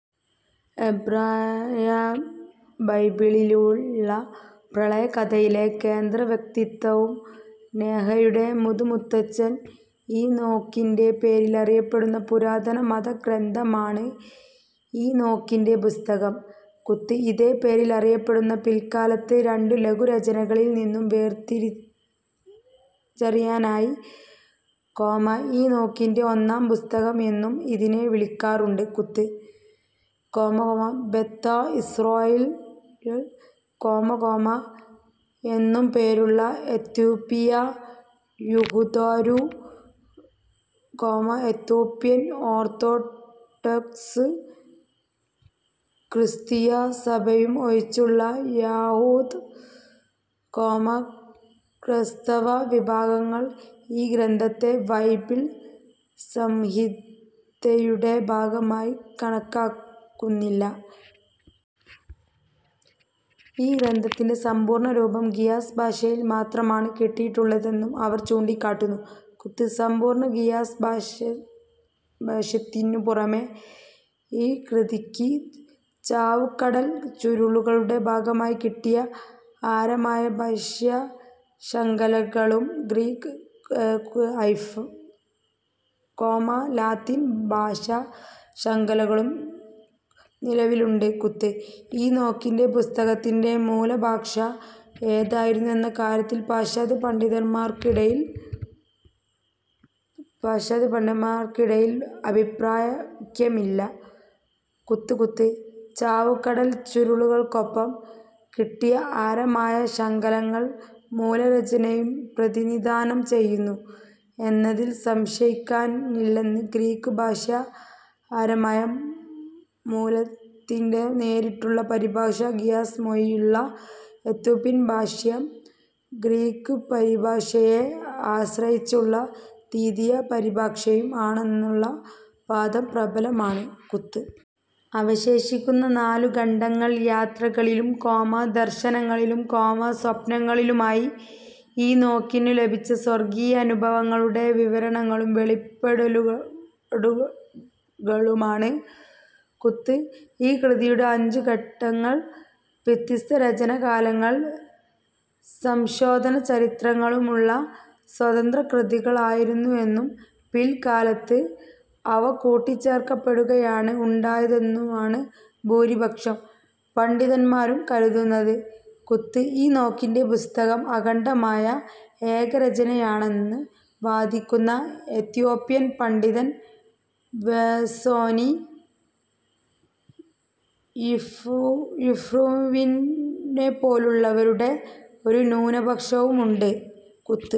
എബ്രായബൈബിളിലുള്ള പ്രളയകഥയിലെ കേന്ദ്രവ്യക്തിത്വമായ നോഹയുടെ മുതുമുത്തച്ഛൻ ഈനോക്കിന്റെ പേരിൽ അറിയപ്പെടുന്ന പുരാതന മതഗ്രന്ഥമാണ് ഈനോക്കിന്റെ പുസ്തകം. ഇതേ പേരിൽ അറിയപ്പെടുന്ന പിൽക്കാലത്തെ രണ്ടു ലഘുരചനകളിൽ നിന്ന് വേർതിരിച്ചറിയാനായി, ഈനോക്കിന്റെ ഒന്നാം പുസ്തകം എന്നും ഇതിനെ വിളിക്കാറുണ്ട്. "ബേതാ ഇസ്രായേൽ" എന്നു പേരുള്ള എത്യോപ്പിയ യഹൂദരും, എത്യോപ്യൻ ഓർത്തഡോക്സ് ക്രിസ്തീയ സഭയും ഒഴിച്ചുള്ള യഹൂദ, ക്രൈസ്തവ വിഭാഗങ്ങൾ ഈ ഗ്രന്ഥത്തെ ബൈബിൾ സംഹിതയുടെ ഭാഗമായി കണക്കാക്കുന്നില്ല. ഈ ഗ്രന്ഥത്തിന്റെ സമ്പൂർണ്ണരൂപം ഗീയസ് ഭാഷയിൽ മാത്രമാണ് കിട്ടിയിട്ടുള്ളതെന്ന് അവർ ചൂണ്ടിക്കാട്ടുന്നു. സമ്പൂർണ്ണമായ ഗീയസ് ഭാഷ്യത്തിനു പുറമേ ഈ കൃതിയ്ക്ക് ചാവുകടൽ ചുരുളുകളുടെ ഭാഗമായി കിട്ടിയ അരമായ ഭാഷ്യശകലങ്ങളും ഗ്രീക്ക്, ലത്തീൻ ഭാഷാശകലങ്ങളും നിലവിലുണ്ട്. ഈനോക്കിന്റെ പുസ്തകത്തിന്റെ മൂലഭാഷ ഏതായിരുന്നു എന്ന കാര്യത്തിൽ പാശ്ചാത്യപണ്ഡിതന്മാർക്കിടയിൽ അഭിപ്രായൈക്യമില്ല: ചാവുകടൽ ചുരുളുകൾക്കൊപ്പം കിട്ടിയ അരമായ ശകലങ്ങൾ മൂലരചനയെ പ്രതിനിധാനം ചെയ്യുന്നു എന്നതിൽ സംശയിക്കാനില്ലെന്നും ഗ്രീക്ക് ഭാഷ്യം അരമായ മൂലത്തിന്റെ നേരിട്ടുള്ള പരിഭാഷയും ഗീയസ് മൊഴിയിലുള്ള എത്യോപ്യൻ ഭാഷ്യം ഗ്രീക്ക് പരിഭാഷയെ ആശ്രയിച്ചുള്ള ദ്വിതീയ പരിഭാഷയും ആണെന്നുമുള്ള വാദം പ്രബലമാണ്. അവശേഷിക്കുന്ന നാലു ഖണ്ഡങ്ങൾ യാത്രകളിലും, ദർശനങ്ങളിലും, സ്വപ്നങ്ങളിലുമായി ഈനോക്കിനു ലഭിച്ച സ്വർഗ്ഗീയാനുഭവങ്ങളുടെ വിവരണവും വെളിപാടുകളുമാണ്. ഈ കൃതിയുടെ അഞ്ചു ഖണ്ഡങ്ങൾ വ്യത്യസ്തരചനാകാലങ്ങളും സംശോധനാചരിത്രങ്ങളുമുള്ള സ്വതന്ത്രകൃതികളായിരുന്നെന്നും പിൽക്കാലത്ത് അവ കൂട്ടിച്ചേർക്കപ്പെടുകയാണ് ഉണ്ടായതെന്നുമാണ് ഭൂരിപക്ഷം പണ്ഡിതന്മാരും കരുതുന്നത്. ഈനോക്കിന്റെ പുസ്തകം അഖണ്ഡമായ ഏകരചനയാണെന്നു വാദിക്കുന്ന എത്യോപ്യൻ പണ്ഡിതൻ വോസെനി യിഫ്രുവിനെപ്പോലുള്ളവരുടെ ഒരു ന്യൂനപക്ഷവുമുണ്ട്.